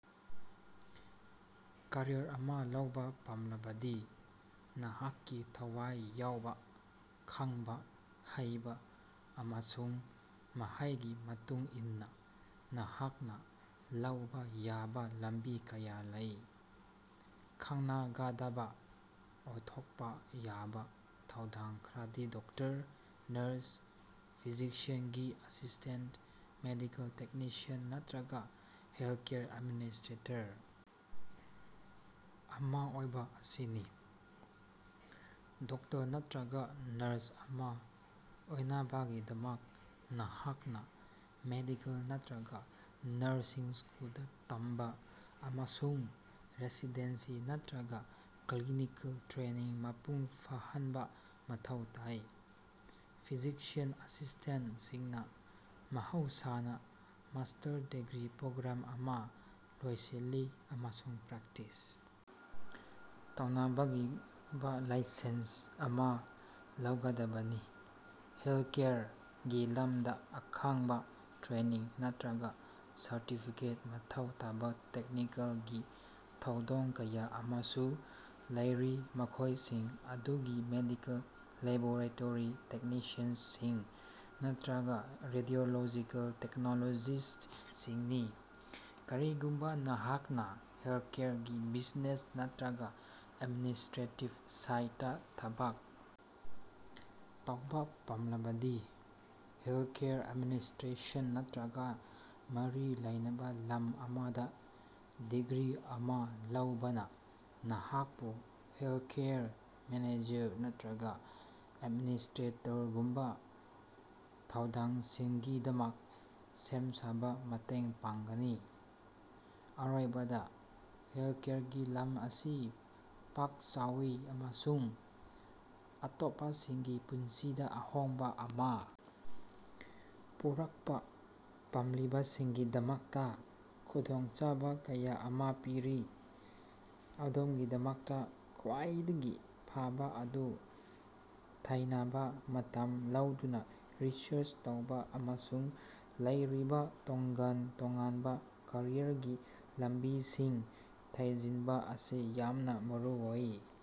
Career ꯑꯃ ꯂꯧꯕꯥ ꯄꯥꯝꯂꯕꯗꯤ ꯅꯍꯥꯛꯀꯤ ꯊꯋꯥꯏ ꯌꯥꯎꯕ, ꯈꯪꯕ ꯍꯩꯕ ꯑꯃꯁꯨꯡ ꯃꯍꯩꯒꯤ ꯃꯇꯨꯡ ꯏꯟꯅ ꯅꯍꯥꯛꯅ ꯂꯧꯕ ꯌꯥꯕ ꯂꯝꯕꯤ ꯀꯌꯥ ꯂꯩ꯫ ꯈꯟꯅꯒꯗꯕ ꯑꯣꯏꯊꯣꯛꯄ ꯌꯥꯕ ꯊꯧꯗꯥꯡ ꯈꯔꯗꯤ ꯗꯣꯛꯇꯔ, ꯅꯔꯁ, ꯐꯤꯖꯤꯁꯤꯌꯥꯟꯒꯤ ꯑꯦꯁꯤꯁ꯭ꯇꯦꯟꯇ, ꯃꯦꯗꯤꯀꯦꯜ ꯇꯦꯛꯅꯤꯁꯤꯌꯟ ꯅꯠꯇ꯭ꯔꯒ ꯍꯦꯂꯊꯀꯦꯌꯔ ꯑꯦꯗꯃꯤꯅꯤꯁ꯭ꯠꯔꯦꯇꯔ ꯑꯃ ꯑꯣꯏꯕ ꯑꯁꯤꯅꯤ꯫ ꯗꯣꯛꯇꯔ ꯅꯠꯇ꯭ꯔꯒ ꯅꯔꯁ ꯑꯃ ꯑꯣꯏꯅꯕꯒꯤꯗꯃꯛ ꯅꯍꯥꯛꯅ ꯃꯦꯗꯤꯀꯦꯜ ꯅꯠꯇ꯭ꯔꯒ ꯅꯔꯁꯤꯡ ꯁ꯭ꯀꯨꯜꯗ ꯇꯝꯕ ꯑꯃꯁꯨꯡ ꯔꯦꯁꯤꯗꯦꯟꯁꯤ ꯅꯠꯇ꯭ꯔꯒ ꯀ꯭ꯂꯤꯅꯤꯀꯦꯜ ꯇ꯭ꯔꯦꯅꯤꯡ ꯃꯄꯨꯡ ꯐꯥꯍꯟꯕ ꯃꯊꯧ ꯇꯥꯏ꯫ ꯐꯤꯖꯤꯁꯤꯌꯟ ꯑꯦꯁꯤꯁ꯭ꯇꯦꯟꯇꯁꯤꯡꯅ ꯃꯍꯧꯁꯥꯅ ꯃꯥꯁꯇꯔ ꯗꯤꯒ꯭ꯔꯤ ꯄ꯭ꯔꯣꯒ꯭ꯔꯥꯝ ꯑꯃ ꯂꯣꯏꯁꯤꯜꯂꯤ ꯑꯃꯁꯨꯡ ꯄ꯭ꯔꯦꯛꯇꯤꯁ ꯇꯧꯅꯕꯒꯤꯕ ꯂꯥꯏꯁꯦꯟꯁ ꯑꯃꯥ ꯂꯧꯒꯗꯕꯅꯤ꯫ ꯍꯦꯜꯊꯀꯦꯌꯔꯒꯤ ꯂꯝꯗ ꯑꯈꯟꯅꯕ ꯇ꯭ꯔꯦꯅꯤꯡ ꯅꯠꯇ꯭ꯔꯒꯥ ꯁꯔꯇꯤꯐꯤꯀꯦꯠ ꯃꯊꯧ ꯇꯥꯕꯥ ꯇꯦꯛꯅꯤꯀꯦꯜꯒꯤ ꯊꯧꯗꯣꯡ ꯀꯌꯥ ꯑꯃꯁꯨ ꯂꯩꯔꯤ ꯃꯈꯣꯢꯁꯤꯡ ꯑꯗꯨꯗꯤ ꯃꯦꯗꯤꯀꯦꯜ ꯂꯦꯕꯣꯔꯦꯇꯔꯤ ꯇꯦꯛꯅꯤꯁꯤꯌꯟꯁꯤꯡ ꯅꯠꯇ꯭ꯔꯒꯥ ꯔꯦꯗꯤꯑꯣꯂꯣꯖꯤꯀꯦꯜ ꯇꯦꯛꯅꯣꯂꯣꯖꯤꯁꯁꯤꯡꯅꯤ꯫ ꯀꯔꯤꯒꯨꯝꯕꯥ ꯅꯍꯥꯛꯅ ꯍꯦꯜꯊꯀꯦꯌꯔꯒꯤ ꯕꯤꯖꯤꯅꯦꯁ ꯅꯠꯇ꯭ꯔꯒꯥ ꯑꯦꯗꯃꯤꯅꯤꯁꯇ꯭ꯔꯦꯇꯤꯕ ꯁꯥꯏꯗꯇꯥ ꯊꯕꯛ ꯇꯧꯕꯥ ꯄꯥꯝꯂꯕꯗꯤ ꯍꯦꯜꯊꯀꯦꯌꯔ ꯑꯦꯗꯃꯤꯅꯤꯁꯇ꯭ꯔꯦꯁꯟ ꯅꯠꯇ꯭ꯔꯒ ꯃꯔꯤ ꯂꯩꯅꯕ ꯂꯝ ꯑꯃꯗ ꯗꯤꯒ꯭ꯔꯤ ꯑꯃꯥ ꯂꯧꯕꯅ ꯅꯍꯥꯛꯄꯨ ꯍꯦꯜꯊꯀꯦꯌꯔ ꯃꯦꯅꯦꯖꯔ ꯅꯠꯇ꯭ꯔꯒꯥ ꯑꯦꯗꯃꯤꯅꯤꯁꯇ꯭ꯔꯦꯇꯔꯒꯨꯝꯕ ꯊꯧꯗꯥꯡꯁꯤꯡꯒꯤꯗꯃꯛ ꯁꯦꯝ ꯁꯥꯕ ꯃꯇꯦꯡ ꯄꯥꯡꯒꯅꯤ꯫ ꯑꯔꯣꯏꯕꯗ ꯍꯦꯜꯊꯀꯦꯌꯔꯒꯤ ꯂꯝ ꯑꯁꯤ ꯄꯥꯛ ꯆꯥꯎꯏ ꯑꯃꯁꯨꯡ ꯑꯇꯣꯞꯄꯁꯤꯡꯒꯤ ꯄꯨꯟꯁꯤꯗ ꯑꯍꯣꯡꯕ ꯑꯃ ꯄꯨꯔꯛꯄ ꯄꯥꯝꯂꯤꯕꯁꯤꯡꯒꯤꯗꯃꯛꯇ ꯈꯨꯗꯣꯡꯆꯥꯕ ꯀꯌꯥ ꯑꯃ ꯄꯤꯔꯤ꯫ ꯑꯗꯣꯝꯒꯤꯗꯃꯛꯇ ꯈ꯭ꯋꯥꯏꯗꯒꯤ ꯐꯕꯥ ꯑꯗꯨ ꯊꯩꯅꯕ ꯃꯇꯝ ꯂꯧꯗꯨꯅꯥ ꯔꯤꯁꯔꯆ ꯇꯧꯕꯥ ꯑꯃꯁꯨꯡ ꯂꯩꯔꯤꯕꯥ ꯇꯣꯒꯥꯟ ꯇꯣꯉꯥꯟꯕ ꯀꯦꯔꯤꯌꯔꯒꯤ ꯂꯝꯕꯤꯁꯤꯡ ꯊꯤꯖꯤꯟꯕ ꯑꯁꯤ ꯌꯥꯝꯅ ꯃꯔꯨꯑꯣꯏ꯫